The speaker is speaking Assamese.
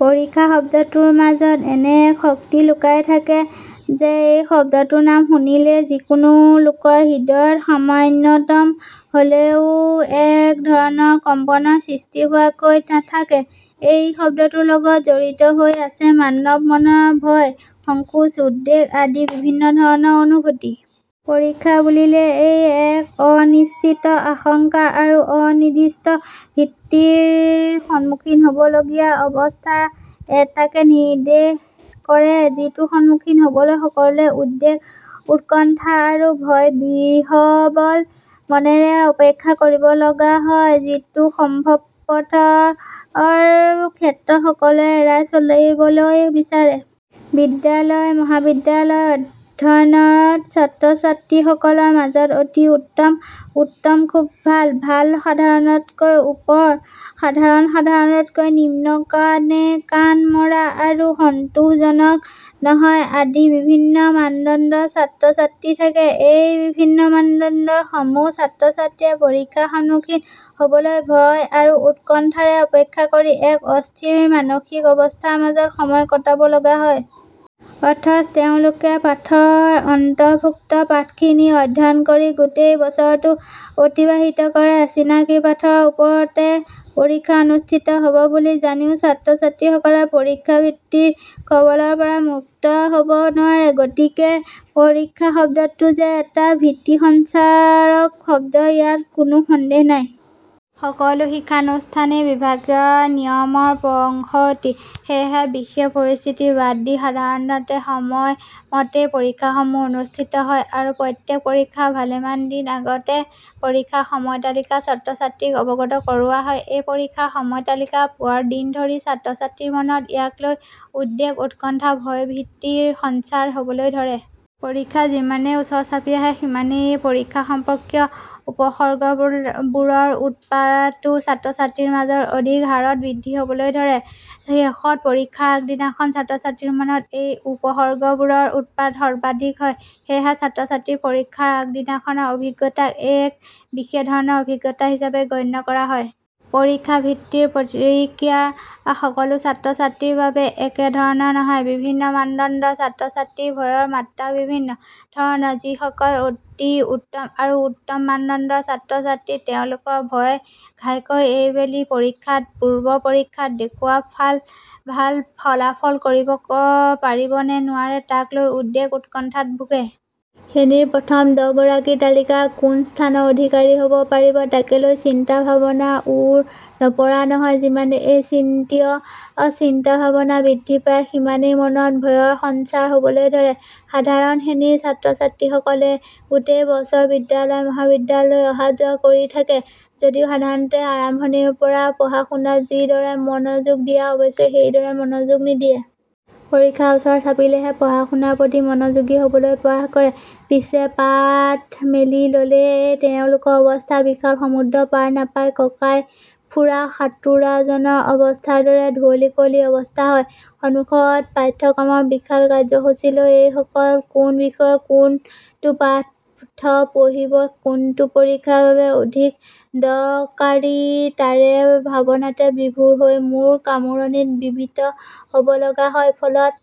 'পৰীক্ষা' শব্দটোৰ মাজত এনে এক শক্তি লুকাই থাকে যে এই শব্দটোৰ নাম শুনিলেই যিকোনো লোকৰ হৃদয়ত সামান্যতম হ'লেও এক ধৰণৰ কম্পনৰ সৃষ্টি নোহোৱাকৈ নাথাকে। এই শব্দটোৰ লগত জড়িত হৈ আছে মানৱ মনৰ ভয়, সংকোচ, উদ্বেগ আদি বিভিন্ন ধৰণৰ অনুভূতি। পৰীক্ষা বুলিলেই এক অনিশ্চিত আশংকা আৰু অনিৰ্দিষ্ট ভীতিৰ সন্মুখীন হ'ব লগীয়া অৱস্থা এটাকে নিৰ্দেশ কৰে যিটোৰ সন্মুখীন হ'বলৈ সকলোৱে উদ্বেগ, উৎকণ্ঠা আৰু ভয়-বিহ্বল মনেৰে অপেক্ষা কৰিব লগা হয়, যিটোক সম্ভৱপৰ ক্ষেত্ৰত সকলোৱে এৰাই চলিবলৈ বিচাৰে। বিদ্যালয়, মহাবিদ্যালয়ত অধ্যয়নৰত ছাত্ৰ-ছাত্ৰীসকলৰ মাজত অতি উত্তম, উত্তম খুব ভাল, ভাল সাধাৰণতকৈ ওপৰ, সাধাৰণ, সাধাৰণতকৈ নিম্ন কাণে কাণ মৰা আৰু সন্তোষজনক নহয় আদি বিভিন্ন মানদণ্ডৰ ছাত্ৰ-ছাত্ৰী থাকে। এই বিভিন্ন মানদণ্ডৰ সমূহ ছাত্ৰ-ছাত্ৰীয়ে পৰীক্ষাৰ সন্মুখীন হ'বলৈ ভয় আৰু উৎকণ্ঠাৰে অপেক্ষা কৰি এক অস্থিৰ মানসিক অৱস্থাৰ মাজত সময় কটাব লগা হয়। অথচ তেওঁলোকে পাঠৰ অন্তৰ্ভুক্ত পাঠখিনি অধ্যয়ন কৰি গোটেই বছৰটো অতিবাহিত কৰে। চিনাকি পাঠৰ ওপৰতে পৰীক্ষা অনুষ্ঠিত হ'ব বুলি জানিও ছাত্ৰ-ছাত্ৰীসকলে পৰীক্ষা ভীতিৰ কবলৰপৰা মুক্ত হ'ব নোৱাৰে। গতিকে, পৰীক্ষা শব্দটো যে এটা ভীতি- সঞ্চাৰক শব্দ ইয়াত কোনো সন্দেহ নাই। সকলো শিক্ষানুষ্ঠানেই বিভাগীয় নিয়মৰ বশৱৰ্তী। সেয়ে বিশেষ পৰিস্থিতি বাদ দি সাধাৰণতে সময় মতেই পৰীক্ষাসমূহ অনুষ্ঠিত হয় আৰু প্ৰত্যেক পৰীক্ষাৰ ভালেমান দিন আগতে পৰীক্ষাৰ সময় তালিকা ছাত্ৰ-ছাত্ৰীক অৱগত কৰোৱা হয়। এই পৰীক্ষাৰ সময় তালিকা পোৱাৰ দিন ধৰি ছাত্ৰ-ছাত্ৰীৰ মনত ইয়াক লৈ উদ্বেগ, উৎকণ্ঠা, ভয়-ভীতিৰ সঞ্চাৰ হ'বলৈ ধৰে। পৰীক্ষা যিমানেই ওচৰ চাপি আহে সিমানেই এই পৰীক্ষা সম্পৰ্কীয় উপসৰ্গবোৰৰ উৎপাতো ছাত্ৰ-ছাত্ৰীৰ মাজত অধিক হাৰত বৃদ্ধি হ'বলৈ ধৰে। শেষত পৰীক্ষাৰ আগদিনাখন ছাত্ৰ-ছাত্ৰীৰ মনত এই উপসৰ্গবোৰৰ উৎপাত সৰ্বাধিক হয়। সেয়েহে ছাত্ৰ-ছাত্ৰীৰ পৰীক্ষাৰ আগদিনাখনৰ অভিজ্ঞতাক এক বিশেষ ধৰণৰ অভিজ্ঞতা হিচাপে গণ্য কৰা হয়। পৰীক্ষা ভীতিৰ প্ৰতিক্ৰিয়া সকলো ছাত্ৰ-ছাত্ৰীৰ বাবে একে ধৰণৰ নহয়। বিভিন্ন মানদণ্ডৰ ছাত্ৰ-ছাত্ৰীৰ ভয়ৰ মাত্ৰাও ভিন্ন ধৰণৰ। যিসকল অতি উত্তম আৰু উত্তম মানদণ্ডৰ ছাত্ৰ-ছাত্ৰী তেওঁলোকৰ ভয় ঘাইকৈ এইবেলি পৰীক্ষাত পূৰ্বৰ পৰীক্ষাত দেখুওৱা ভাল ফলাফল কৰিব পাৰিব নে নোৱাৰে তাকে লৈ উদ্বেগ, উৎকণ্ঠাত ভোগে। শ্ৰেণীৰ প্ৰথম দহ গৰাকীৰ তালিকাৰ কোন স্থানৰ অধিকাৰী হ'ব পাৰিব তাকে লৈ চিন্তা-ভাৱনাৰ ওৰ নপৰা নহয় যিমানে এই জাতীয় চিন্তা-ভাৱনা বৃদ্ধি পায়, সিমানে মনত ভয়ৰ সঞ্চাৰ হ'বলৈ ধৰে। সাধাৰণ শ্ৰেণীৰ ছাত্ৰ-ছাত্ৰীসকলে গোটেই বছৰ বিদ্যালয়, মহাবিদ্যালয়লৈ অহা-যোৱা কৰি থাকে যদিও সাধাৰণতে আৰম্ভণিৰেপৰা পঢ়া-শুনাত যিদৰে মনোযোগ দিয়া আৱশ্যক সেইদৰে মনোযোগ নিদিয়ে। পৰীক্ষা ওচৰ চাপিলেহে পঢ়া-শুনাৰ প্ৰতি মনোযোগী হ'বলৈ প্ৰয়াস কৰে। পিচে, পাঠ মেলি ল'লেই এওঁলোকৰ অৱস্থা বিশাল সমুদ্ৰত পাৰ নাপাই ককাই ফুৰা সাঁতোৰাজনৰ অৱস্থাৰ দৰে ধুঁৱলি-কুঁৱলী অৱস্থা হয়। সন্মুখত পাঠ্যক্ৰমৰ বিশাল কাৰ্যসূচী লৈ এইসকলে কোন বিষয়ৰ কোনটো পাঠ্য পঢ়িব, কোনটো পৰীক্ষাৰ বাবে অধিক দৰ্কাৰী তাৰে ভাৱনাতে বিভোৰ হৈ মূৰ কামোৰণিত বিতত হ'ব লগা হয়। ফলত